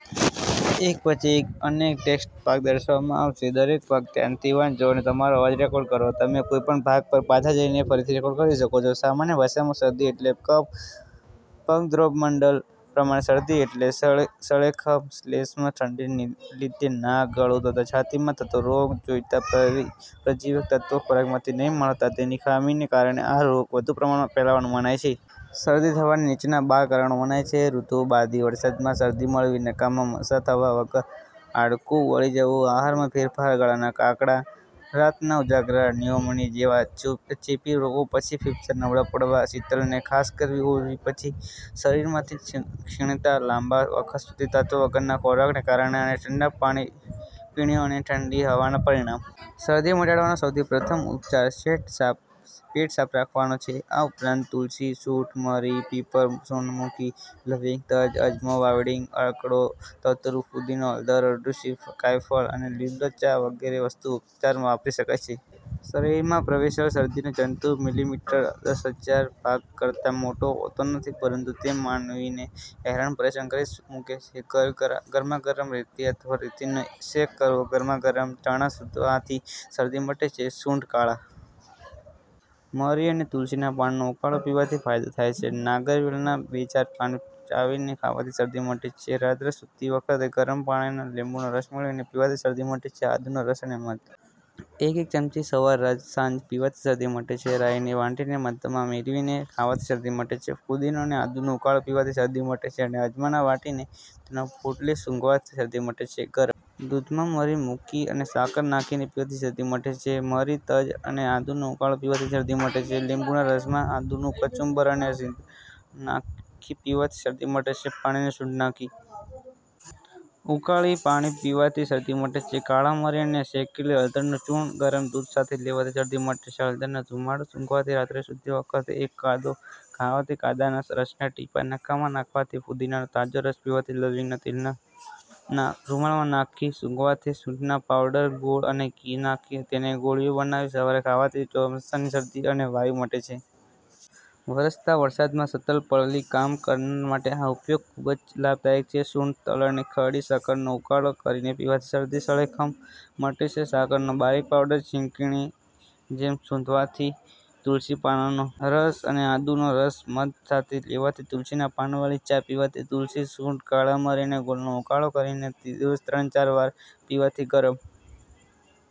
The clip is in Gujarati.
સામાન્ય ભાષામાં શરદી એટલે કફ. ભગવદ્ગોમંડલ પ્રમાણે શરદી એટલે સળેખમ;…… શ્લેષ્મ; ઠંડીને લીધે નાક, ગળું તથા છાતીમાં થતો રોગ. જોઈતાં પ્રજીવક તત્ત્વો ખોરાકમાંથી નહિ મળતાં તેની ખામીને કારણે આ રોગ વધુ પ્રમાણમાં ફેલાવાનું મનાય છે. શરદી થવાના નીચેના બાર કારણો મનાય છે.: ઋતુ, બાદી, વારસામાં શરદી મળવી, નાકમાં મસા થવા અગર હાડકું વળી જવું, આહારમાં ફેરફાર, ગળાના કાકડા, રાતના ઉજાગરા, ન્યુમોનીઆ જેવા ચેપી રોગ પછી ફેફસાં નબળાં પડવાં, શીતળા ને ખાસ કરી ઓરી પછી, શરીરમાંની ક્ષીણતા, લાંબા વખત સુધી તત્ત્વ વગરના ખોરાકોને કારણે અને ઠંડા પીણાઓ અને ઠંડી હવાને પરિણામે. શરદી મટાડવાનો સૌથી પ્રથમ ઉપચાર પેટ સાફ રાખવાનો છે. આ ઉપરાંત તુલસી, સૂંઠ, મરી, પીપર, સોનામુખી, લવિંગ, તજ, અજમો, વાવડિંગ, આકડો, ધતૂરો, ફુદીનો, હળદર, અરડૂસી, કાયફળ અને લીલી ચા વગેરે વસ્તુઓ ઉપચારમાં વાપરી શકાય છે. શરીરમાં પ્રવેશલ શરદીનો જંતુ મિલિમિટરના દશહજારમાંં ભાગ કરતાં મોટો હોતો નથી પરંતુ તે માનવીને હેરાન પરેશાન કરી મુકે છે. ગરમાગરમ રેતી અથવા રેતીનો શેક કરવો ગરમાગરમ ચણા સુંઘવાથી શરદી મટે છે સૂંઠ, કાળાં મરી અને તુલસીનાં પાનનો ઉકાળો પીવાથી ફાયદો થાય છે નાગરવેલનાં બેચાર પાન ચાવીને ખાવાથી શરદી મટે છે રાત્રે સૂતી વખતે ગરમ પાણીમાં લીંબુનો રસ મેળવીને પીવાથી શરદી મટે છે આદુનો રસ અને મધ એક એક ચમચી સવારસાંજ પીવાથી શરદી મટે છે રાઈને વાટીને મધમાં મેળવીને ખાવાથી શરદી મટે છે ફુદીનો અને આદુનો ઉકાળો પીવાથી શરદી મટે છે અજમાને વાટી તેની પોટલી સૂંઘવાથી શરદી મટે છે ગરમ દૂધમાં મરીની ભૂકી અને સાકર નાખીને પીવાથી શરદી મટે છે મરી, તજ અને આદુનો ઉકાળો પીવાથી શરદી મટે છે લીંબુના રસમાં આદુનું કચુંબર અને સિંધવ નાખી પીવાથી શરદી મટે છે પાણીમાં સૂંઠ નાખી ઉકાળીને પાણી પીવાથી શરદી મટે છે કાળાંં મરી અને શેકેલી હળદરનું ચૂર્ણ ગરમ દૂધ સાથે લેવાથી શરદી મટે છે હળદરનો ધુમાડો સુંઘવાથી રાત્રે સૂતી વખતે એક કાંદો ખાવાથી કાંદાના રસનાં ટીપાં નાકમાં નાખવાથી ફુદીનાનો તાજો રસ પીવાથી લવિંગના તેલને રૂમાલમાં નાખી સુંઘવાથી સૂંઠના પાવડરમાં ગોળ અને ઘી નાખી તેની ગોળીઓ બનાવી સવારે ખાવાથી ચોમાસાની શરદી અને વાયુ મટે છે. વરસતા વરસાદમાં સતત પલળી કામ કરનાર માટે આ ઉપાય ખૂબ જ લાભદાયક છે. સૂંઠ, તલ અને ખડી સાકારનો ઉકાળો કરીને પીવાથી શરદી, સળેખમ મટે છે સાકરનો બારીક પાવડર છીંકણીની જેમ સુંઘવાથી તુલસીના પાનનો રસ અને આદુનો રસ મધ સાથે લેવાથી તુલસીના પાનવાળી ચા પીવાથી તુલસી, સૂંઠ, કાળાં મરી અને ગોળનો ઉકાળો કરીને દિવસમાં ત્રણ ચાર વાર પીવાથી ગરમ